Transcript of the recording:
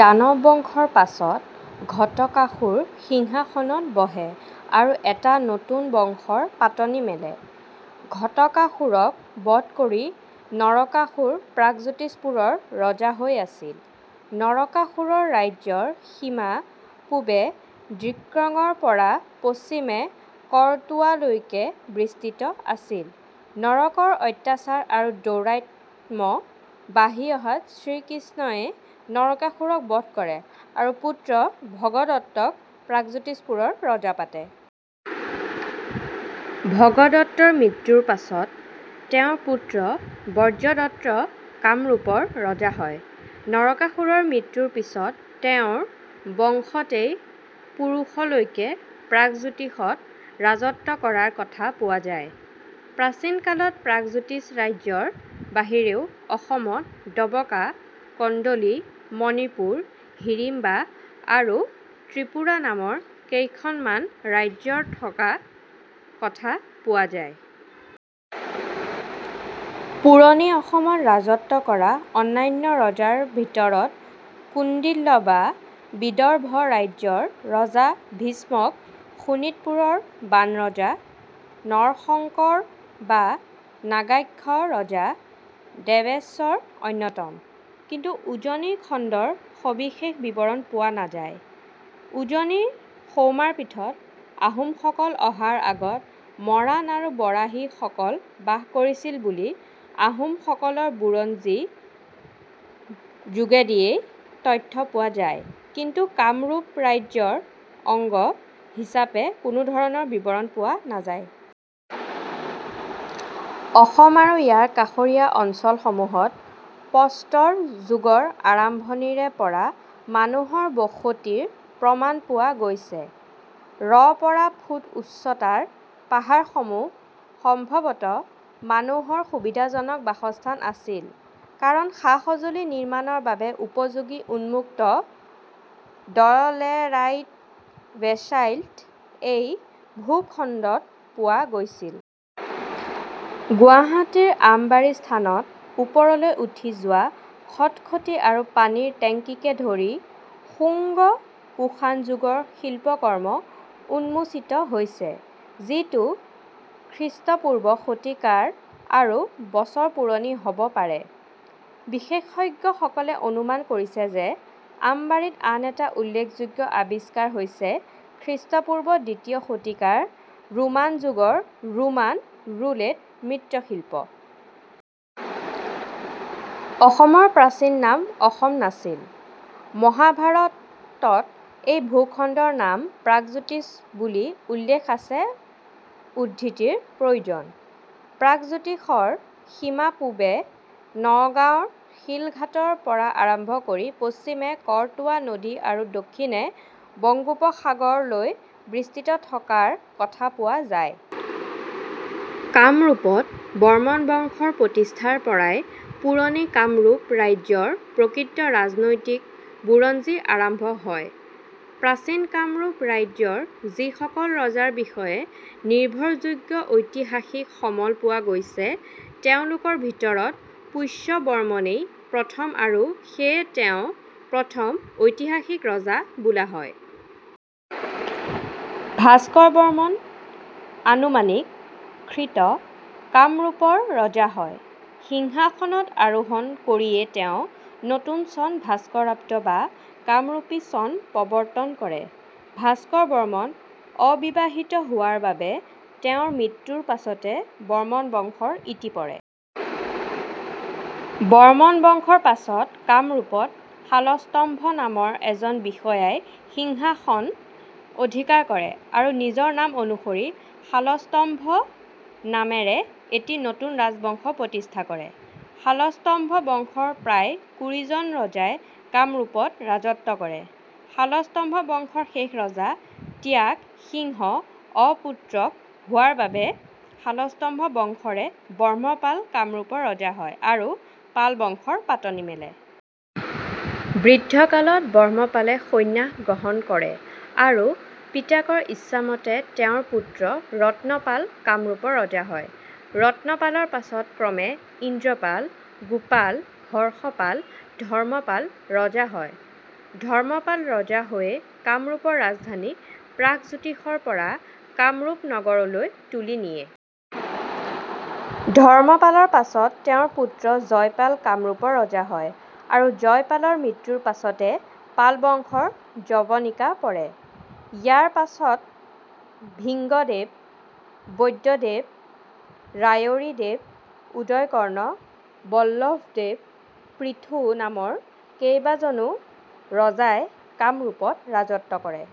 দানৱ বংশৰ পাছত ঘটকাসুৰ সিংহাসনত বহে আৰু এটা নতুন বংশৰ পাতনি মেলে। ঘটকাসুৰক বধ কৰি নৰকাসুৰ প্ৰাগজ্যোতিষপুৰৰ ৰজা হৈ আছিল। নৰকাসুৰৰ ৰাজ্যৰ সীমা পূ্ৱে ডিক্ৰঙৰ পৰা পশ্চিমে কৰতোৱালৈকে বিস্তৃত আছিল। নৰকৰ অত্যাচাৰ আৰু দৌৰাত্ম্য বাঢ়ি অহাত শ্ৰীকৃষ্ণ ই নৰকাসুৰক বধ কৰে আৰু পুত্ৰ ভগদত্ত ক প্ৰাগজ্যোতিষপুৰৰ ৰজা পাতে। ভগদত্তৰ মৃত্যুৰ পাছত তেওঁৰ পুত্ৰ বজ্ৰদত্ত কামৰূপৰ ৰজা হয়। নৰকাসুৰৰ মৃত্যুৰ পিছত তেওঁৰ বংশতেই পুৰুষলৈকে প্ৰাগজ্যোতিষত ৰাজত্ব কৰাৰ কথা পোৱা যায়। প্ৰাচীন কালত প্ৰাগজ্যোতিষ ৰাজ্যৰ বাহিৰেও অসমত ডবকা, কদলি, মণিপুৰ, হিড়িম্বা আৰু ত্ৰিপুৰা নামৰ কেইখনমান ৰাজ্য থকাৰ কথা পোৱা যায়। পুৰণি অসমত ৰাজত্ব কৰা অন্যান্য ৰজাৰ ভিতৰত কুণ্ডিল্য বা বিদৰ্ভ ৰাজ্যৰ ৰজা ভীষ্মক, শোণিতপুৰ ৰ বাণৰজা, নৰশংকৰ বা নাগাক্ষ ৰজা, দেৱেশ্বৰ অন্যতম। কিন্তু উজনি খণ্ডৰ সবিশেষ বিৱৰণ পোৱা নাযায়। উজনিৰ সৌমাৰপীঠত আহোম সকল অহাৰ আগত মৰাণ আৰু বৰাহী সকল বাস কৰিছিল বুলি আহোম সকলৰ বুৰঞ্জীৰ যোগেদিয়ে তথ্য পোৱা যায় কিন্তু কামৰূপ ৰাজ্যৰ অংগ হিচাপে কোনোধৰণৰ বিৱৰণ পোৱা নাযায়। অসম আৰু ইয়াৰ কাষৰীয়া অঞ্চলসমূহত প্ৰস্তৰ যুগৰ আৰম্ভণিৰে পৰা মানুহৰ বসতিৰ প্ৰমাণ পোৱা গৈছে। ৰ পৰা ফুট উচ্চতাৰ পাহাৰসমূহ সম্ভৱতঃ মানুহৰ সুবিধাজনক বাসস্থান আছিল, কাৰণ সা-সঁজুলি নিৰ্মাণৰ বাবে উপযোগী উন্মুক্ত ড'লেৰাইট বেছাল্ট এই ভূখণ্ডত পোৱা গৈছিল। গুৱাহাটীৰ আমবাৰী স্থানত ওপৰলৈ উঠি যোৱা খটখটী আৰু পানীৰ টেংকিকে ধৰি শুংগ-কুশান যুগৰ শিল্পকৰ্ম উন্মোচিত হৈছে, যিটো খ্ৰীষ্টপূৰ্ব শতিকাৰ আৰু বছৰ পুৰণি হ'ব পাৰে। বিশেষজ্ঞসকলে অনুমান কৰিছে যে, আমবাৰীত আন এটা উল্লেখযোগ্য আৱিষ্কাৰ হৈছে খ্ৰীষ্টপূৰ্ব দ্বিতীয় শতিকাৰ ৰোমান যুগৰ ৰোমান ৰুলেট মৃৎশিল্প। অসমৰ প্ৰাচীন নাম অসম নাছিল। মহাভাৰত ত এই ভূখণ্ডৰ নাম প্ৰাগজ্যোতিষ বুলি উল্লেখ আছে উদ্ধৃতিৰ প্ৰয়োজন। প্ৰাগজ্যোতিষৰ সীমা পূবে নগাঁৱৰ শিলঘাটৰ পৰা আৰম্ভ কৰি পশ্চিমে কৰতোৱা নদী আৰু দক্ষিণে বংগোপসাগৰ লৈ বিস্তৃত থকাৰ কথা পোৱা যায়। কামৰূপত বৰ্মন বংশ প্ৰতিষ্ঠাৰ পৰাই পুৰণি কামৰূপ ৰাজ্য ৰ প্ৰকৃত ৰাজনৈতিক বুৰঞ্জী আৰম্ভ হয়। প্ৰাচীন কামৰূপ ৰাজ্যৰ যিসকল ৰজাৰ বিষয়ে নিৰ্ভৰযোগ্য ঐতিহাসিক সমল পোৱা গৈছে তেওঁলোকৰ ভিতৰত পুষ্য বৰ্মনেই প্ৰথম আৰু সেয়ে তেওঁ প্ৰথম ঐতিহাসিক ৰজা বোলা হয়। ভাস্কৰ বৰ্মন আনুমানিক - খ্ৰী. ত কামৰূপৰ ৰজা হয়। সিংহাসনত আৰোহণ কৰিয়েই তেওঁ নতুন চন ভাস্কৰাব্দ বা কামৰূপী চন প্ৰৱৰ্তন কৰে। ভাস্কৰ বৰ্মন অবিবাহিত হোৱাৰ বাবে তেওঁৰ মৃত্যুৰ পাছতে বৰ্মন বংশৰ ইতি পৰে। বৰ্মন বংশৰ পাছত কামৰূপত শালস্তম্ভ নামৰ এজন বিষয়াই সিংহাসন অধিকাৰ কৰে আৰু নিজৰ নাম অনুসৰি "শালস্তম্ভ" নামেৰে এটি নতুন ৰাজবংশ প্ৰতিষ্ঠা কৰে। শালস্তম্ভ বংশৰ প্ৰায় কুৰিজন ৰজাই কামৰূপত ৰাজত্ব কৰে। শালস্তম্ভ বংশৰ শেষ ৰজা ত্যাগ সিংহ অপুত্ৰক হোৱাৰ বাবে শালস্তম্ভ বংশৰে ব্ৰহ্মপাল কামৰূপৰ ৰজা হয় আৰু পালবংশ ৰ পাতনি মেলে। বৃদ্ধকালত ব্ৰহ্মপালে সন্ন্যাস গ্ৰহণ কৰে আৰু পিতাকৰ ইচ্ছামতে তেওঁৰ পুত্ৰ ৰত্নপাল কামৰূপৰ ৰজা হয়। ৰত্নপালৰ পাছত ক্ৰমে ইন্দ্ৰপাল, গোপাল, হৰ্ষপাল, ধৰ্মপাল ৰজা হয়। ধৰ্মপাল ৰজা হৈয়ে কামৰূপৰ ৰাজধানী প্ৰাগজ্যোতিষৰ পৰা 'কামৰূপ নগৰ'লৈ তুলি নিয়ে। ধৰ্মপালৰ পাছত তেওঁৰ পুত্ৰ জয়পাল কামৰূপৰ ৰজা হয় আৰু জয়পালৰ মৃত্যুৰ পাছতে পালবংশৰ যৱনিকা পৰে। ইয়াৰ পাছত ভিংগদেৱ, বৈদ্যদেৱ, ৰায়ৰীদেৱ, উদয় কৰ্ণ, বল্লভদেৱ, পৃথু নামৰ কেইবাজনো ৰজাই কামৰূপত ৰাজত্ব কৰে।